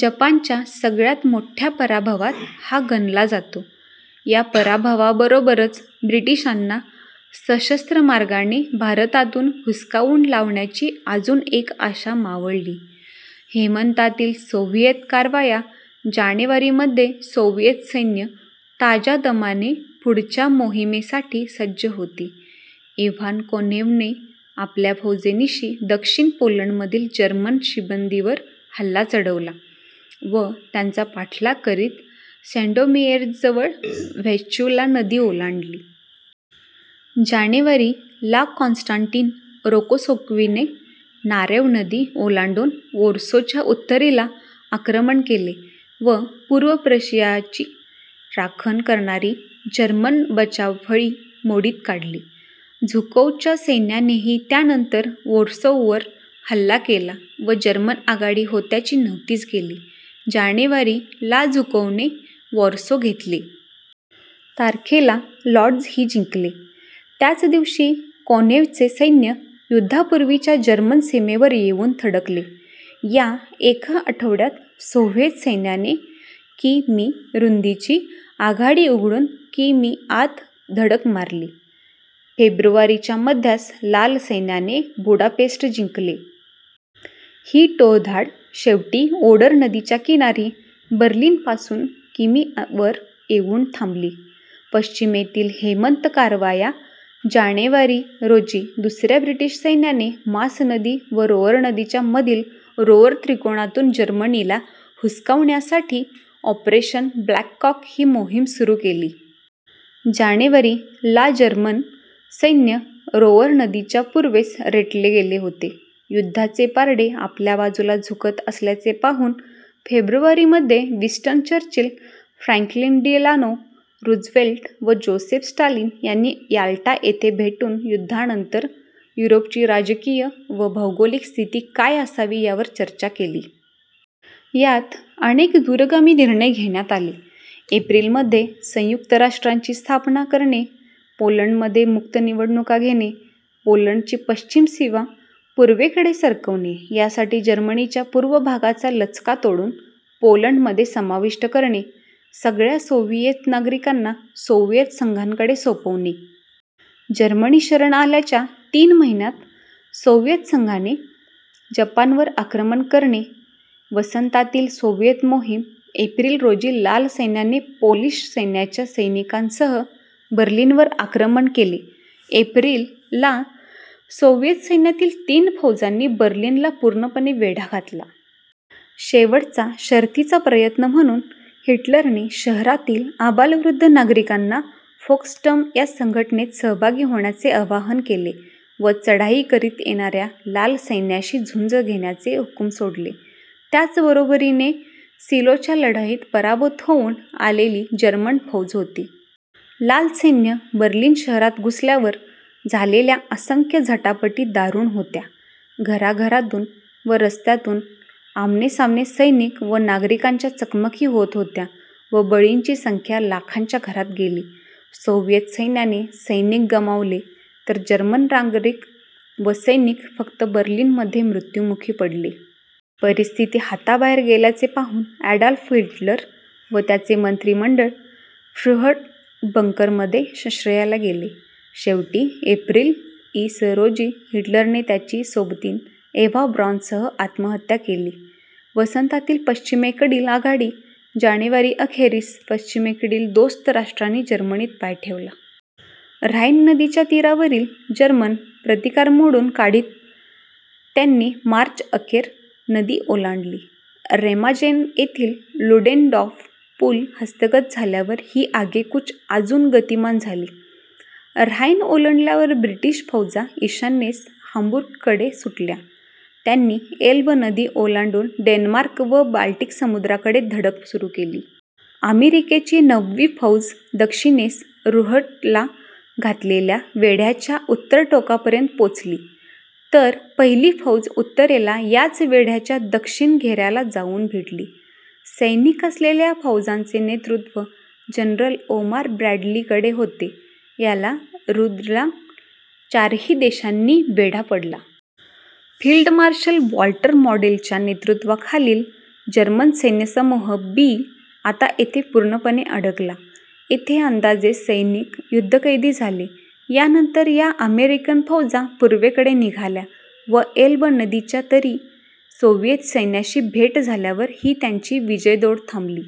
जपानच्या सगळ्यात मोठ्या पराभवात हा गणला जातो. या पराभवाबरोबरच ब्रिटिशांना सशस्त्र मार्गाने भारतातून हुसकावून लावण्याची अजून एक आशा मावळली. हेमंतातील सोव्हिएत कारवाया जानेवारी मध्ये सोव्हिएत सैन्य ताज्या दमाने पुढच्या मोहीमेसाठी सज्ज होती. इव्हान कोनेव्हने आपल्या फौजेनिशी दक्षिण पोलंडमधील जर्मन शिबंदीवर हल्ला चढवला व त्यांचा पाठलाग करीत सॅंडोमियेर्झजवळ व्हिस्चुला नदी ओलांडली. जानेवारी ला कॉन्स्टान्टिन रोकोसोव्स्कीने नारेव नदी ओलांडून वॉर्सोच्या उत्तरेला आक्रमण केले व पूर्व प्रशियाची राखण करणारी जर्मन बचावफळी मोडीत काढली. झुकोवच्या सैन्यानेही त्यानंतर वॉर्सोवर हल्ला केला व जर्मन आघाडी होत्याची नव्हती केली. जानेवारी ला झुकोवने वॉर्सो घेतले. तारखेला लॉड्झही जिंकले. त्याचदिवशी कोनेव्हचे सैन्य युद्धपूर्वीच्या जर्मन सीमेवर येऊन थडकले. या एका आठवड्यात सोव्हिएत सैन्याने कि. मी. रुंदीची आघाडी उघडून कि. मी. आत धडक मारली होती. फेब्रुवारीच्या मध्यास लाल सैन्याने बुडापेस्ट जिंकले. ही टोळधाड शेवटी ओडर नदीच्या किनारी बर्लिनपासून कि. मी. वर येऊन थांबली. पश्चिमेतील हेमंत कारवाया जानेवारी रोजी दुसऱ्या ब्रिटिश सैन्याने मास नदी व रोअर नदीच्या मधील रोअर त्रिकोणातून जर्मनीला हुसकावण्यासाठी ऑपरेशन ब्लॅककॉक ही मोहीम सुरू केली. जानेवारी ला जर्मन सैन्य रोअर नदीच्या पूर्वेस रेटले गेले होते. युद्धाचे पारडे आपल्या बाजूला झुकत असल्याचे पाहून फेब्रुवारी मध्ये Winston Churchill, Franklin Delano Roosevelt व जोसेफ स्टालिन यांनी याल्टा येथे भेटून युद्धानंतर युरोपची राजकीय व भौगोलिक स्थिती काय असावी यावर चर्चा केली. यात अनेक दूरगामी निर्णय घेण्यात आले. एप्रिल मध्ये संयुक्त राष्ट्रांची स्थापना करणे. पोलंडमध्ये मुक्त निवडणूका घेणे. पोलंडची पश्चिम सीमा पूर्वेकडे सरकवणे यासाठी जर्मनीच्या पूर्व भागाचा लचका तोडून पोलंडमध्ये समाविष्ट करणे. सगळ्या सोव्हिएत नागरिकांना सोव्हिएत संघाकडे सोपवणे. जर्मनी शरण आल्याच्या तीन महिन्यात सोव्हिएत संघाने जपानवर आक्रमण करणे. वसंतातील सोव्हिएत मोहीम एप्रिल रोजी लाल सैन्याने पोलिश सैन्याच्या सैनिकांसह बर्लिनवर आक्रमण केले. एप्रिल ला सोव्हिएत सैन्यातील तीन फौजांनी बर्लिनला पूर्णपणे वेढा घातला. शेवटचा शर्थीचा प्रयत्न म्हणून हिटरलने शहरातील आबालवृद्ध नागरिकांना फोक्सस्टर्म या संघटनेत सहभागी होण्याचे आवाहन केले व चढाई करीत येणाऱ्या लाल सैन्याशी झुंज घेण्याचे हुकुम सोडले. त्यांच्याबरोबरीने सीलोच्या लढाईत पराभूत होऊन आलेली जर्मन फौज होती. लाल सैन्य बर्लिन शहरात घुसल्यावर झालेल्या असंख्य झटापटी दारुण होत्या. घराघरातून व रस्त्यातून आमनेसामने सैनिक व नागरिकांच्या चकमकी होत होत्या व बळींची संख्या लाखांच्या घरात गेली. सोव्हिएत सैन्याने सैनिक गमावले तर जर्मन नागरिक व सैनिक फक्त बर्लिनमध्ये मृ्त्युमुखी पडले. परिस्थिती हाताबाहेर गेल्याचे पाहून ॲडॉल्फ हिटलर व त्याचे मंत्रीमंडळ फ्युह्ररबंकरमध्ये आश्रयाला गेले. शेवटी एप्रिल, इ. स. रोजी हिटलरने त्याची सोबतीण एव्हा ब्रॉनसह आत्महत्या केली. वसंतातील पश्चिमेकडील आघाडी जानेवारीअखेरीस पश्चिमेकडील दोस्त राष्ट्रांनी जर्मनीत पाय ठेवला. ऱ्हाइन नदीच्या तीरावरील जर्मन प्रतिकार मोडून काढीत त्यानी मार्चअखेर नदी ओलांडली. रेमाजेन येथील लुडेनडॉर्फ पूल हस्तगत झाल्यावर ही आगेकूच अजून गतिमान झाली. ऱ्हाइन ओलांडल्यावर ब्रिटिश फौजा ईशान्येस हांबुर्गकडे सुटल्या. त्यांनी एल्ब नदी ओलांडून डेन्मार्क व बाल्टिक समुद्राकडे धडक सुरू केली. अमेरिकेची नववी फौज दक्षिणेस रुह्रला घातलेल्या वेढ्याच्या उत्तर टोकापर्यंत पोचली तर पहिली फौज उत्तरेला याच वेढ्याच्या दक्षिण घेऱ्याला जाऊन भिडली. सैनिक असलेल्या या फौजांचे नेतृत्व जन्रल ओमर ब्रॅडलीकडे होते. आता रुह्रला चारही दिशांनी वेढा पडला. फील्ड मार्शल वॉल्टर मॉडेलच्या नेतृत्वाखालील जर्मन सैन्यसमूह बी आता येथे पूर्णपणे अडकला. येथे अंदाजे सैनिक युद्धकैदी झाले. यानंतर या अमेरिकन फौजा पूर्वेकडे निघाल्या व एल्ब नदीच्या तीरी सोव्हिएत सैन्याशी भेट झाल्यावर ही त्यांची विजयदौड थांबली.